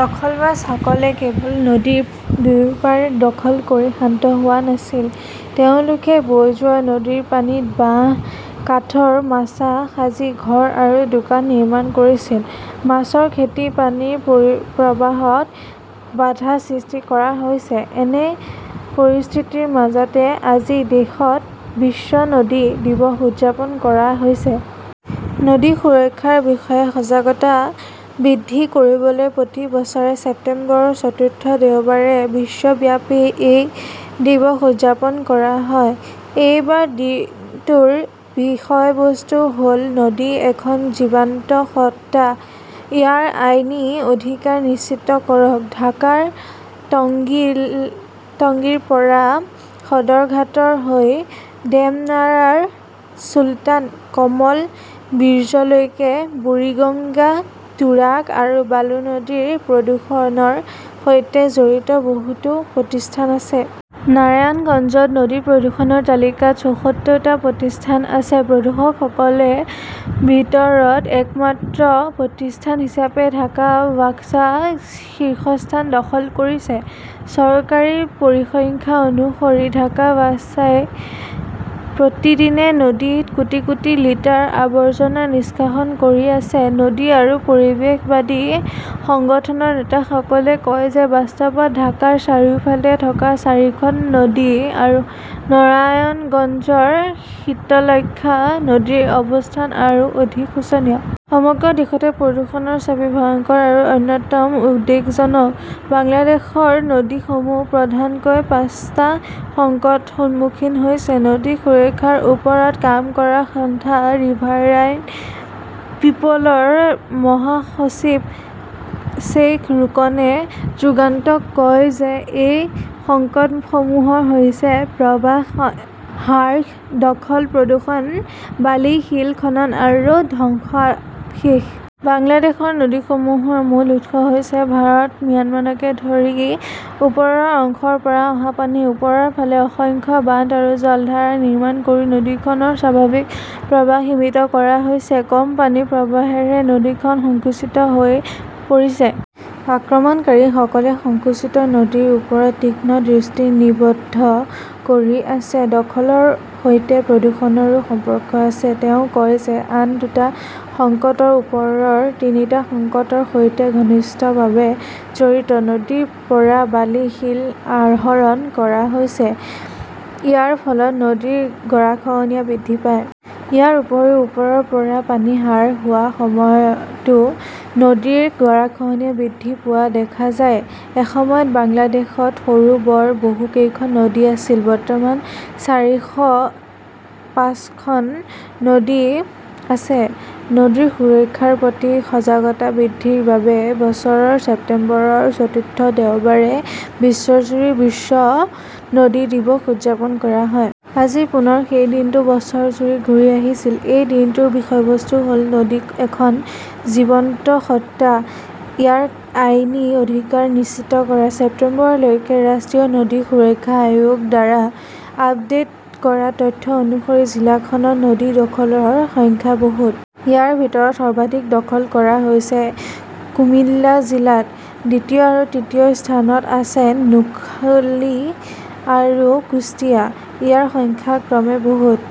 দখলবাজসকলে কেৱল নদীৰ দুয়োপাৰ দখল কৰি শান্ত হোৱা নাছিল। তেওঁলোকে বৈ যোৱা নদীৰ পানীত বাঁহ কাঠৰ মাচা সাজি ঘৰ আৰু দোকান নিৰ্মাণ কৰিছিল। মাছৰ খেতি পানীৰ প্ৰবাহত বাধা সৃষ্টি কৰা হৈছে। এনে পৰিস্থিতিৰ মাজতে আজি দেশত বিশ্ব নদী দিৱস উদযাপন কৰা হৈছে। নদী সুৰক্ষাৰ বিষয়ে সজাগতা বৃদ্ধি কৰিবলৈ প্ৰতি বছৰে ছেপ্টেম্বৰৰ চতুৰ্থ দেওবাৰে বিশ্বব্যাপী এই দিৱস উদযাপন কৰা হয়। এইবাৰ দিনটোৰ বিষয়বস্তু হ'ল নদী এখন জীৱন্ত সত্তা, ইয়াৰ আইনী অধিকাৰ নিশ্চিত কৰক। ঢাকাৰ টংগীৰ পৰা সদৰঘাট হৈ ডেমৰাৰ চুলতান কমল ব্ৰীজলৈকে বুৰিগঙ্গা, তুৰাগ আৰু বালু নদীৰ প্ৰদূষণৰ সৈতে জড়িত বহুতো প্ৰতিষ্ঠান আছে। নাৰায়ণগঞ্জত নদী প্ৰদূষণৰ তালিকাত চৌসত্তৰটা প্ৰতিষ্ঠান আছে। প্ৰদূষকসকলৰ ভিতৰত একমাত্ৰ প্ৰতিষ্ঠান হিচাপে ঢাকা ৱাছা শীৰ্ষস্থান দখল কৰিছে। চৰকাৰী পৰিসংখ্যা অনুসৰি, ঢাকা ৱাছাই প্ৰতিদিনে নদীত কোটি কোটি লিটাৰ আৱৰ্জনা নিষ্কাশন কৰি আছে। নদী আৰু পৰিৱেশবাদী সংগঠনৰ নেতাসকলে কয় যে বাস্তৱত ঢাকাৰ চাৰিওফালে থকা চাৰিখন নদী আৰু নাৰায়ণগঞ্জৰ শীতলক্ষ্যা নদীৰ অৱস্থা আৰু অধিক শোচনীয়। সমগ্ৰ দেশতে প্ৰদূষণৰ ছবি ভয়ংকৰ আৰু অত্যন্ত উদ্বেগজনক। বাংলাদেশৰ নদীসমূহ প্ৰধানকৈ পাঁচটা সংকটৰ সন্মুখীন হৈছে। নদী সুৰক্ষাৰ ওপৰত কাম কৰা সংস্থা ৰিভাৰাইন পিপলৰ মহাসচিব শ্বেইখ ৰোকনে যুগান্তৰক কয় যে এই সংকটসমূহ হৈছে প্ৰৱাহ হ্ৰাস, দখল, প্ৰদূষণ, বালিশিল খনন আৰু ধ্বংসাৱশেষ। বাংলাদেশৰ নদীসমূহৰ মূল উৎস হৈছে ভাৰত ম্যানমাৰকে ধৰি ওপৰৰ অংশৰ পৰা অহা পানী। ওপৰৰ ফালে অসংখ্য বান্ধ আৰু জলাধাৰ নিৰ্মাণ কৰি নদীখনৰ স্বাভাৱিক প্ৰৱাহ সীমিত কৰা হৈছে। কম পানীৰ প্ৰৱাহেৰে নদীখন সংকুচিত হৈ পৰিছে। আক্ৰমণকাৰীসকলে সংকুচিত নদীৰ ওপৰত তীক্ষ্ণ দৃষ্টি নিবদ্ধ কৰি আছে। দখলৰ সৈতে প্ৰদূষণৰো সম্পৰ্ক আছে। তেওঁ কয় যে আন দুটা সংকট ওপৰৰ তিনিটা সংকটৰ সৈতে ঘনিষ্ঠভাৱে জড়িত। নদীৰ পৰা বালি শিল আহৰণ কৰা হৈছে। ইয়াৰ ফলত নদীৰ গৰাখহনীয়া বৃদ্ধি পায়। ইয়াৰ উপৰিও, ওপৰৰ পৰা পানী হ্ৰাস হোৱাৰ সময়তো নদীৰ গৰাখহনীয়া বৃদ্ধি পোৱা দেখা যায়। এসময়ত বাংলাদেশত সৰু বৰ বহু কেইখন নদী আছিল। বৰ্তমান চাৰিশ পাঁচখন নদী আছে। নদী সুৰক্ষাৰ প্ৰতি সজাগতা বৃদ্ধিৰ বাবে বছৰৰ ছেপ্টেম্বৰৰ চতুৰ্থ দেওবাৰে বিশ্বজুৰি বিশ্ব নদী দিৱস উদযাপন কৰা হয়। আজি পুনৰ সেই দিনটো বছৰজুৰি ঘূৰি আহিছিল। এই দিনটোৰ বিষয়বস্তু হ'ল নদী এখন জীৱন্ত সত্তা, ইয়াৰ আইনী অধিকাৰ নিশ্চিত কৰক। ছেপ্টেম্বৰলৈকে ৰাষ্ট্ৰীয় নদী সুৰক্ষা আয়োগৰ দ্বাৰা আপডেট কৰা তথ্য অনুসৰি, জিলাখনত নদী দখলৰ সংখ্যা বহুত। ইয়াৰ ভিতৰত সৰ্বাধিক দখল কৰা হৈছে কুমিল্লা জিলাত। দ্বিতীয় আৰু তৃতীয় স্থানত আছে নোখালী আৰু কুষ্টিয়া। ইয়াৰ সংখ্যা ক্ৰমে বহুত।